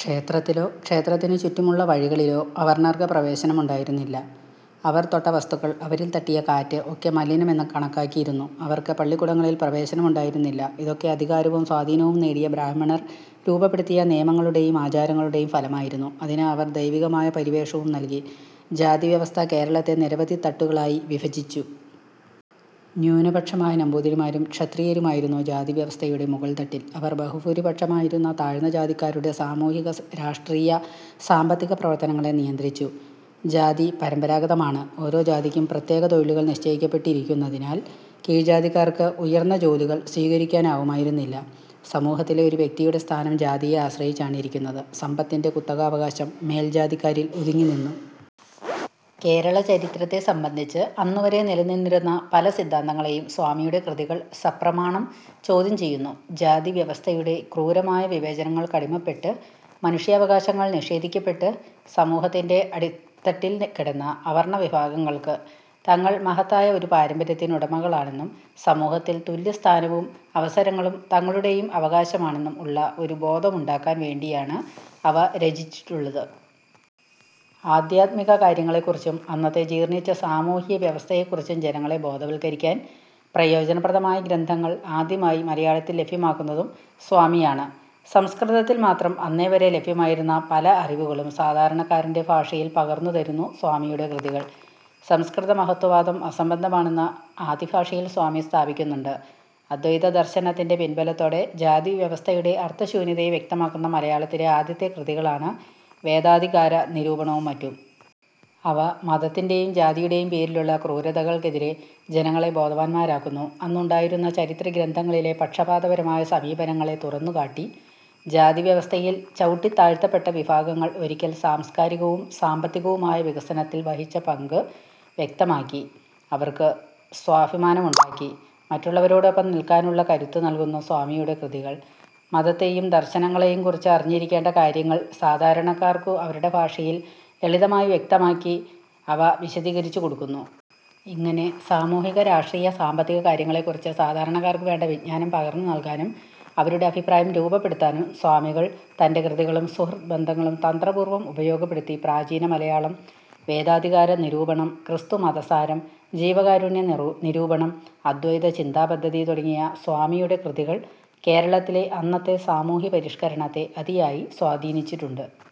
ക്ഷേത്രത്തിലോ ക്ഷേത്രത്തിനു ചുറ്റുമുള്ള വഴികളിലോ അവർണ്ണർക്കു് പ്രവേശനമുണ്ടായിരുന്നില്ല. അവർ തൊട്ട വസ്തുക്കൾ, അവരിൽ തട്ടിയ കാറ്റു് ഒക്കെ മലിനമെന്നു് കണക്കാക്കിയിരുന്നു. അവർക്കു് പള്ളിക്കുടങ്ങളിൽ പ്രവേശനമുണ്ടായിരുന്നില്ല. ഇതൊക്കെ അധികാരവും സ്വാധീനവും നേടിയ ബ്രാഹ്മണർ രൂപപ്പെടുത്തിയ നിയമങ്ങളുടെയും ആചാരങ്ങളുടെയും ഫലമായിരുന്നു. അതിനു് അവർ ദൈവികമായ പരിവേഷവും നൽകി. ജാതിവ്യവസ്ഥ കേരളത്തെ നിരവധി തട്ടുകളായി വിഭജിച്ചു. ന്യൂനപക്ഷമായ നമ്പൂതിരിമാരും, ക്ഷത്രിയരുമായിരുന്നു ജാതിവ്യവസ്ഥയുടെ മുകൾത്തട്ടിൽ. അവർ ബഹുഭൂരിപക്ഷമായിരുന്ന താഴ്ന്ന ജാതിക്കാരുടെ സാമൂഹിക, രാഷ്ട്രീയ സാമ്പത്തിക പ്രവർത്തനങ്ങളെ നിയന്ത്രിച്ചു. ജാതി പരമ്പരാഗതമാണു്, ഓരോ ജാതിക്കും പ്രത്യേക തൊഴിലുകൾ നിശ്ചയിക്കപ്പെട്ടിരിക്കുന്നതിനാൽ കീഴ്ജാതിക്കാർക്കു് ഉയർന്ന ജോലികൾ സ്വീകരിക്കാനാവുമായിരുന്നില്ല. സമൂഹത്തിലെ ഒരു വ്യക്തിയുടെ സ്ഥാനം ജാതിയെ ആശ്രയിച്ചാണിരിക്കുന്നതു്. സമ്പത്തിന്റെ കുത്തകാവകാശം മേൽജാതിക്കാരിൽ ഒതുങ്ങി നിന്നു. കേരള ചരിത്രത്തെ സംബന്ധിച്ചു് അന്നുവരെ നിലനിന്നിരുന്ന പല സിദ്ധാന്തങ്ങളെയും സ്വാമിയുടെ കൃതികൾ സപ്രമാണം ചോദ്യം ചെയ്യുന്നു. ജാതിവ്യവസ്ഥയുടെ ക്രൂരമായ വിവേചനങ്ങൾക്കടിമപ്പെട്ടു്, മനുഷ്യാവകാശങ്ങൾ നിഷേധിക്കപ്പെട്ടു് സമൂഹത്തിന്റെ അടിത്തട്ടിൽ കിടന്ന അവർണ്ണ വിഭാഗങ്ങൾക്കു്, തങ്ങൾ മഹത്തായ ഒരു പാരമ്പര്യത്തിനുടമകളാണെന്നും സമൂഹത്തിൽ തുല്യസ്ഥാനവും അവസരങ്ങളും തങ്ങളുടെയും അവകാശമാണെന്നും ഉള്ള ഒരു ബോധമുണ്ടാക്കാൻ വേണ്ടിയാണു് അവ രചിച്ചിട്ടുള്ളതു്. ആദ്ധ്യാത്മിക കാര്യങ്ങളെക്കുറിച്ചും, അന്നത്തെ ജീർണിച്ച സാമൂഹ്യ വ്യവസ്ഥയെക്കുറിച്ചും ജനങ്ങളെ ബോധവൽക്കരിക്കാൻ പ്രയോജനപ്രദമായ ഗ്രന്ഥങ്ങൾ ആദ്യമായി മലയാളത്തിൽ ലഭ്യമാക്കുന്നതും സ്വാമിയാണ്. സംസ്കൃതത്തിൽ മാത്രം അന്നേവരെ ലഭ്യമായിരുന്ന പല അറിവുകളും സാധാരണക്കാരന്റെ ഭാഷയിൽ പകർന്നു തരുന്നു സ്വാമിയുടെ കൃതികൾ, സംസ്കൃത മഹത്ത്വവാദം അസംബന്ധമാണെന്നു് ആദിഭാഷയിൽ സ്വാമി സ്ഥാപിക്കുന്നുണ്ട്. അദ്വൈത ദർശനത്തിന്റെ പിൻബലത്തോടെ ജാതി വ്യവസ്ഥയുടെ അർത്ഥശൂന്യതയെ വ്യക്തമാക്കുന്ന മലയാളത്തിലെ ആദ്യത്തെ കൃതികളാണു് വേദാധികാരനിരൂപണവും മറ്റും. അവ മതത്തിന്റെയും ജാതിയുടെയും പേരിലുള്ള ക്രൂരതകൾക്കെതിരെ ജനങ്ങളെ ബോധവാന്മാരാക്കുന്നു. അന്നുണ്ടായിരുന്ന ചരിത്ര ഗ്രന്ഥങ്ങളിലെ പക്ഷപാതപരമായ സമീപനങ്ങളെ തുറന്നുകാട്ടി, ജാതിവ്യവസ്ഥയിൽ ചവുട്ടിതാഴ്ത്തപ്പെട്ട വിഭാഗങ്ങൾ ഒരിക്കൽ സാംസ്കാരികവും സാമ്പത്തികവുമായ വികസനത്തിൽ വഹിച്ച പങ്കു് വ്യക്തമാക്കി അവർക്കു് സ്വാഭിമാനമുണ്ടാക്കി മറ്റുള്ളവരോടൊപ്പം നിൽക്കാനുള്ള കരുത്തു് നൽകുന്നു സ്വാമിയുടെ കൃതികൾ. മതത്തെയും ദർശനങ്ങളെയും കുറിച്ചു് അറിഞ്ഞിരിക്കേണ്ട കാര്യങ്ങൾ സാധാരണക്കാർക്കു് അവരുടെ ഭാഷയിൽ, ലളിതമായി വ്യക്തമായി അവ വിശദീകരിച്ചു കൊടുക്കുന്നു. ഇങ്ങനെ സാമൂഹിക രാഷ്ട്രീയ സാമ്പത്തിക കാര്യങ്ങളെക്കുറിച്ചു് സാധാരണക്കാർക്കു് വേണ്ട വിജ്ഞാനം പകർന്നു നൽകാനും അവരുടെ അഭിപ്രായം രൂപപ്പെടുത്താനും സ്വാമികൾ തന്റെ കൃതികളും സുഹൃദ് ബന്ധങ്ങളും തന്ത്രപൂർവ്വം ഉപയോഗപ്പെടുത്തി. പ്രാചീനമലയാളം, വേദാധികാര നിരൂപണം, ക്രിസ്തുമതസാരം, ജീവകാരുണ്യ നിരൂപണം, അദ്വൈതചിന്താപദ്ധതി തുടങ്ങിയ സ്വാമിയുടെ കൃതികൾ കേരളത്തിലെ അന്നത്തെ സാമൂഹ്യപരിഷ്കരണത്തെ അതിയായി സ്വാധീനിച്ചിട്ടുണ്ടു്.